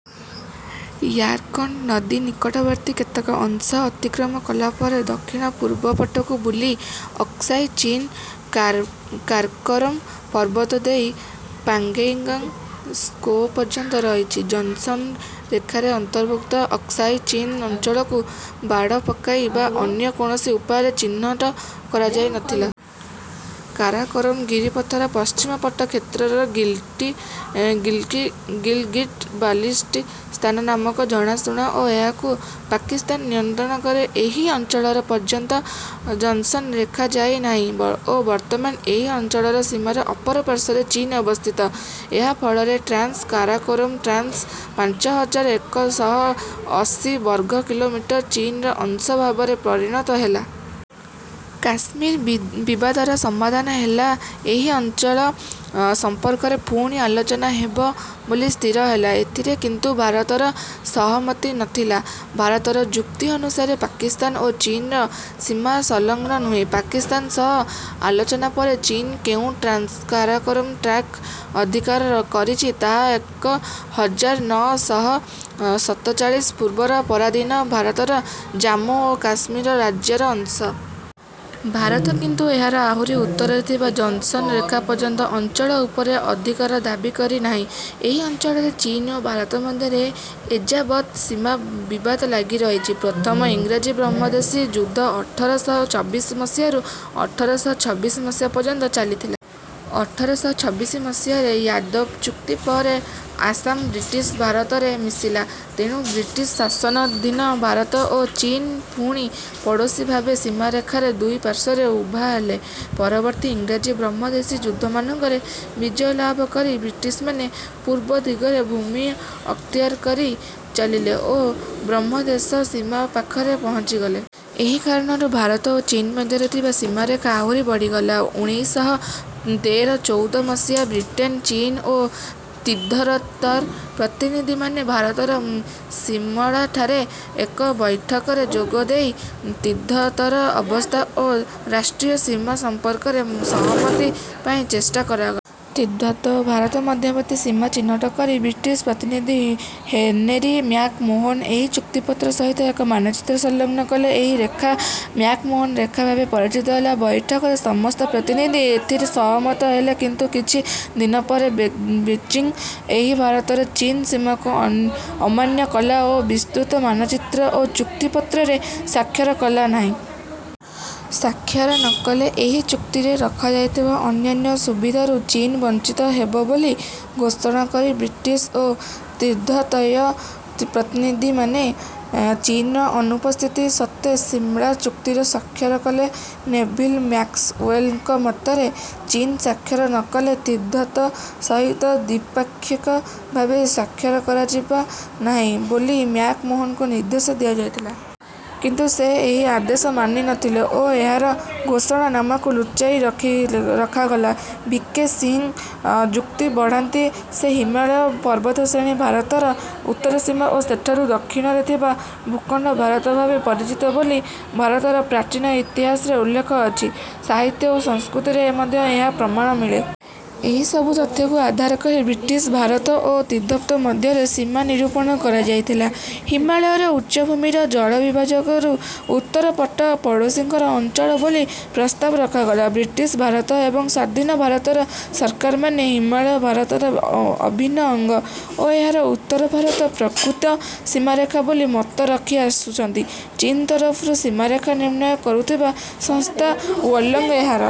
Yarkand ନଦୀ ନିକଟବର୍ତ୍ତୀ କେତେକ ଅଂଶ ଅତିକ୍ରମ କଲା ପରେ ଦକ୍ଷିଣ-ପୂର୍ବ ପଟକୁ ବୁଲି ଅକ୍ସାଇ ଚୀନ୍, କାରାକୋରମ୍ ପର୍ବତ ଦେଇ ପାଙ୍ଗୋଙ୍ଗ୍ ତ୍ସୋ ପର୍ଯ୍ୟନ୍ତ ରହିଛି। ଜନ୍‌ସନ୍ ରେଖାରେ ଅନ୍ତର୍ଭୁକ୍ତ ଅକ୍ସାଇ ଚୀନ୍ ଅଞ୍ଚଳକୁ ବାଡ଼ ପକାଇ ବା ଅନ୍ୟ କୌଣସି ଉପାୟରେ ଚିହ୍ନଟ କରାଯାଇ ନ ଥିଲା। କାରାକୋରମ୍ ଗିରିପଥର ପଶ୍ଚିମ ପଟ କ୍ଷେତ୍ର ଗିଲ୍‌ଗିଟ୍-ବାଲ୍‌ଟିସ୍ତାନ ନାମରେ ଜଣାଶୁଣା ଓ ଏହାକୁ ପାକିସ୍ତାନ ନିୟନ୍ତ୍ରଣ କରେ। ଏହି ଅଞ୍ଚଳ ପର୍ଯ୍ୟନ୍ତ ଜନ୍‌ସନ୍ ରେଖା ଯାଇ ନାହିଁ ଓ ବର୍ତ୍ତମାନ ଏହି ଅଞ୍ଚଳର ସୀମାର ଅପରପାର୍ଶ୍ୱରେ ଚୀନ୍ ଅବସ୍ଥିତ। ଏହା ଫଳରେ ଟ୍ରାନ୍ସ କାରାକୋରମ୍ ଟ୍ରାକ୍ଟ୍ ପାଞ୍ଚ ହଜାର ଏକ ଶହ ଅଶୀ ବର୍ଗ କିଲୋମିଟର ଚୀନ୍‌ର ଅଂଶ ଭାବେ ପରିଗଣିତ ହେଲା। କାଶ୍ମୀର ବିବାଦର ସମାଧାନ ହେଲେ ଏହି ଅଞ୍ଚଳ ସମ୍ପର୍କରେ ପୁଣି ଆଲୋଚନା ହେବ ବୋଲି ସ୍ଥିର ହେଲା। ଏଥିରେ କିନ୍ତୁ ଭାରତର ସହମତି ନ ଥିଲା। ଭାରତର ଯୁକ୍ତି ଅନୁସାରେ ପାକିସ୍ତାନ ଓ ଚୀନ୍‌ର ସୀମା ସଂଲଗ୍ନ ନୁହେଁ। ପାକିସ୍ତାନ ସହ ଆଲୋଚନା ପରେ ଚୀନ୍ ଯେଉଁ ଟ୍ରାନ୍ସ କାରାକୋରମ୍ ଟ୍ରାକ୍ଟ୍ ଅଧିକାର କରିଛି ତାହା ଏକ ହଜାର ନଅ ଶହ ସତଚାଳିଶ ପୂର୍ବର ପରାଧୀନ ଭାରତର ଜାମ୍ମୁ ଓ କାଶ୍ମୀର ରାଜ୍ୟର ଅଂଶ। ଭାରତ କିନ୍ତୁ ଏହାର ଆହୁରି ଉତ୍ତରରେ ଥିବା ଜନ୍‌ସନ୍ ରେଖା ପର୍ଯ୍ୟନ୍ତ ଅଞ୍ଚଳ ଉପରେ ଅଧିକାର ଦାବି କରି ନାହିଁ। ଏହି ଅଞ୍ଚଳରେ ଚୀନ୍ ଓ ଭାରତ ମଧ୍ୟରେ ଏଯାବତ୍ ସୀମା ବିବାଦ ଲାଗି ରହିଛି। ପ୍ରଥମ ଇଂରାଜୀ-ବ୍ରହ୍ମଦେଶୀ ଯୁଦ୍ଧ ଅଠର ଶହ ଚବିଶ ମସିହାରୁ ଅଠର ଶହ ଛବିଶ ମସିହା ପର୍ଯ୍ୟନ୍ତ ଚାଲିଥିଲା। ଅଠର ଶହ ଛବିଶ ମସିହାରେ ୟାନ୍ଦାବୋ ଚୁକ୍ତି ପରେ ଆସାମ ବ୍ରିଟିଶ୍ ଭାରତରେ ମିଶିଲା। ତେଣୁ ବ୍ରିଟିଶ୍ ଶାସନାଧୀନ ଭାରତ ଓ ଚୀନ୍ ପୁଣି ପଡ଼ୋଶୀ ଭାବେ ସୀମାରେଖାର ଦୁଇ ପାର୍ଶ୍ୱରେ ଉଭା ହେଲେ। ପରବର୍ତ୍ତୀ ଇଂରାଜୀ-ବ୍ରହ୍ମଦେଶୀ ଯୁଦ୍ଧମାନଙ୍କରେ ବିଜୟ ଲାଭ କରି ବ୍ରିଟିଶ୍‌ମାନେ ପୂର୍ବ ଦିଗରେ ଭୂମି ଅକ୍ତିଆର କରି ଚାଲିଲେ ଓ ବ୍ରହ୍ମଦେଶ ସୀମା ପାଖରେ ପହଞ୍ଚିଗଲେ। ଏହି କାରଣରୁ ଭାରତ ଓ ଚୀନ୍ ମଧ୍ୟରେ ଥିବା ସୀମାରେଖା ଆହୁରି ବଢ଼ିଗଲା। ଉଣେଇଶ ଶହ ତେର-ଚଉଦ ମସିହାରେ ବ୍ରିଟେନ୍, ଚୀନ୍ ଓ ତିବ୍ଦତର ପ୍ରତିନିଧିମାନେ ଭାରତର ସିମଳାଠାରେ ଏକ ବୈଠକରେ ଯୋଗ ଦେଇ ତିବ୍ଦତର ଅବସ୍ଥା ଓ ରାଷ୍ଟ୍ରୀୟ ସୀମା ସମ୍ପର୍କରେ ସହମତି ପାଇଁ ଚେଷ୍ଟା କରାଗଲା। ତିବ୍ଦତ ଓ ଭାରତ ମଧ୍ୟବର୍ତ୍ତୀ ସୀମା ଚିହ୍ନଟ କରି ବ୍ରିଟିଶ୍ ପ୍ରତିନିଧି ହେନେରି ମ୍ୟାକ୍-ମୋହନ ଏହି ଚୁକ୍ତିପତ୍ର ସହିତ ଏକ ମାନଚିତ୍ର ସଂଲଗ୍ନ କଲେ। ଏହି ରେଖା ମ୍ୟାକ୍-ମୋହନ ରେଖା ଭାବେ ପରିଚିତ। ବୈଠକରେ ସମସ୍ତ ପ୍ରତିନିଧି ଏଥିରେ ସହମତ ହେଲେ କିନ୍ତୁ କିଛି ଦିନ ପରେ ବେଜିଂ ଏହି ଭାରତ-ଚୀନ୍ ସୀମାକୁ ଅମାନ୍ୟ କଲା ଓ ବିସ୍ତୃତ ମାନଚିତ୍ର ଓ ଚୁକ୍ତିପତ୍ରରେ ସ୍ୱାକ୍ଷର କଲା ନାହିଁ। ସ୍ୱାକ୍ଷର ନ କଲେ ଏହି ଚୁକ୍ତିରେ ରଖାଯାଇଥିବା ଅନ୍ୟାନ୍ୟ ସୁବିଧାରୁ ଚୀନ୍ ବଞ୍ଚିତ ହେବ ବୋଲି ଘୋଷଣା କରି ବ୍ରିଟିଶ୍ ଓ ତିବ୍ଦତୀୟ ପ୍ରତିନିଧିମାନେ ଚୀନ୍‌ର ଅନୁପସ୍ଥିତି ସତ୍ତ୍ୱେ ସିମଳା ଚୁକ୍ତିରେ ସ୍ୱାକ୍ଷର କଲେ। ନେଭିଲ୍ ମ୍ୟାକ୍ସୱେଲ୍‌ଙ୍କ ମତରେ ଚୀନ୍ ସ୍ୱାକ୍ଷର ନ କଲେ ତିବ୍ଦତ ସହିତ ଦ୍ୱିପାକ୍ଷିକ ଭାବେ ସ୍ୱାକ୍ଷର କରାଯିବ ନାହିଁ ବୋଲି ମ୍ୟାକ୍-ମୋହନଙ୍କୁ ନିର୍ଦ୍ଦେଶ ଦିଆଯାଇଥିଲା। କିନ୍ତୁ ସେ ଏହି ଆଦେଶ ମାନି ନ ଥିଲେ ଓ ଏହାର ଘୋଷଣାନାମାକୁ ଲୁଚାଇ ରଖାଗଲା। ଭି. କେ. ସିଂହ ଯୁକ୍ତି ବାଢ଼ନ୍ତି ଯେ ହିମାଳୟ ପର୍ବତଶ୍ରେଣୀ ଭାରତର ଉତ୍ତର ସୀମା ଓ ସେଠାରୁ ଦକ୍ଷିଣରେ ଥିବା ଭୂଖଣ୍ଡ ଭାରତ ଭାବେ ପରିଚିତ ବୋଲି ଭାରତର ପ୍ରାଚୀନ ଇତିହାସରେ ଉଲ୍ଲେଖ ଅଛି, ସାହିତ୍ୟ ଓ ସଂସ୍କୃତିରେ ମଧ୍ୟ ଏହାର ପ୍ରମାଣ ମିଳେ। ଏହି ସବୁ ତଥ୍ୟକୁ ଆଧାର କରି ବ୍ରିଟିଶ୍ ଭାରତ ଓ ତିବ୍ଦତ ମଧ୍ୟରେ ସୀମା ନିରୂପଣ କରାଯାଇଥିଲା। ହିମାଳୟର ଉଚ୍ଚଭୂମିର ଜଳବିଭାଜକରୁ ଉତ୍ତର ପଟ ପଡ଼ୋଶୀଙ୍କ ଅଞ୍ଚଳ ବୋଲି ପ୍ରସ୍ତାବ ରଖାଗଲା। ବ୍ରିଟିଶ୍ ଭାରତ ଏବଂ ସ୍ୱାଧୀନ ଭାରତର ସରକାରମାନେ ହିମାଳୟ ଭାରତର ଅଭିନ୍ନ ଅଙ୍ଗ ଓ ଏହା ଉତ୍ତର ଭାରତର ପ୍ରକୃତ ସୀମାରେଖା ବୋଲି ମତ ରଖିଆସୁଛନ୍ତି। ଚୀନ୍ ତରଫରୁ ସୀମାରେଖା ନିର୍ଣ୍ଣୟ କରୁଥିବା ସଂସ୍ଥା ୱାଲୋଙ୍ଗ୍ ଏହାର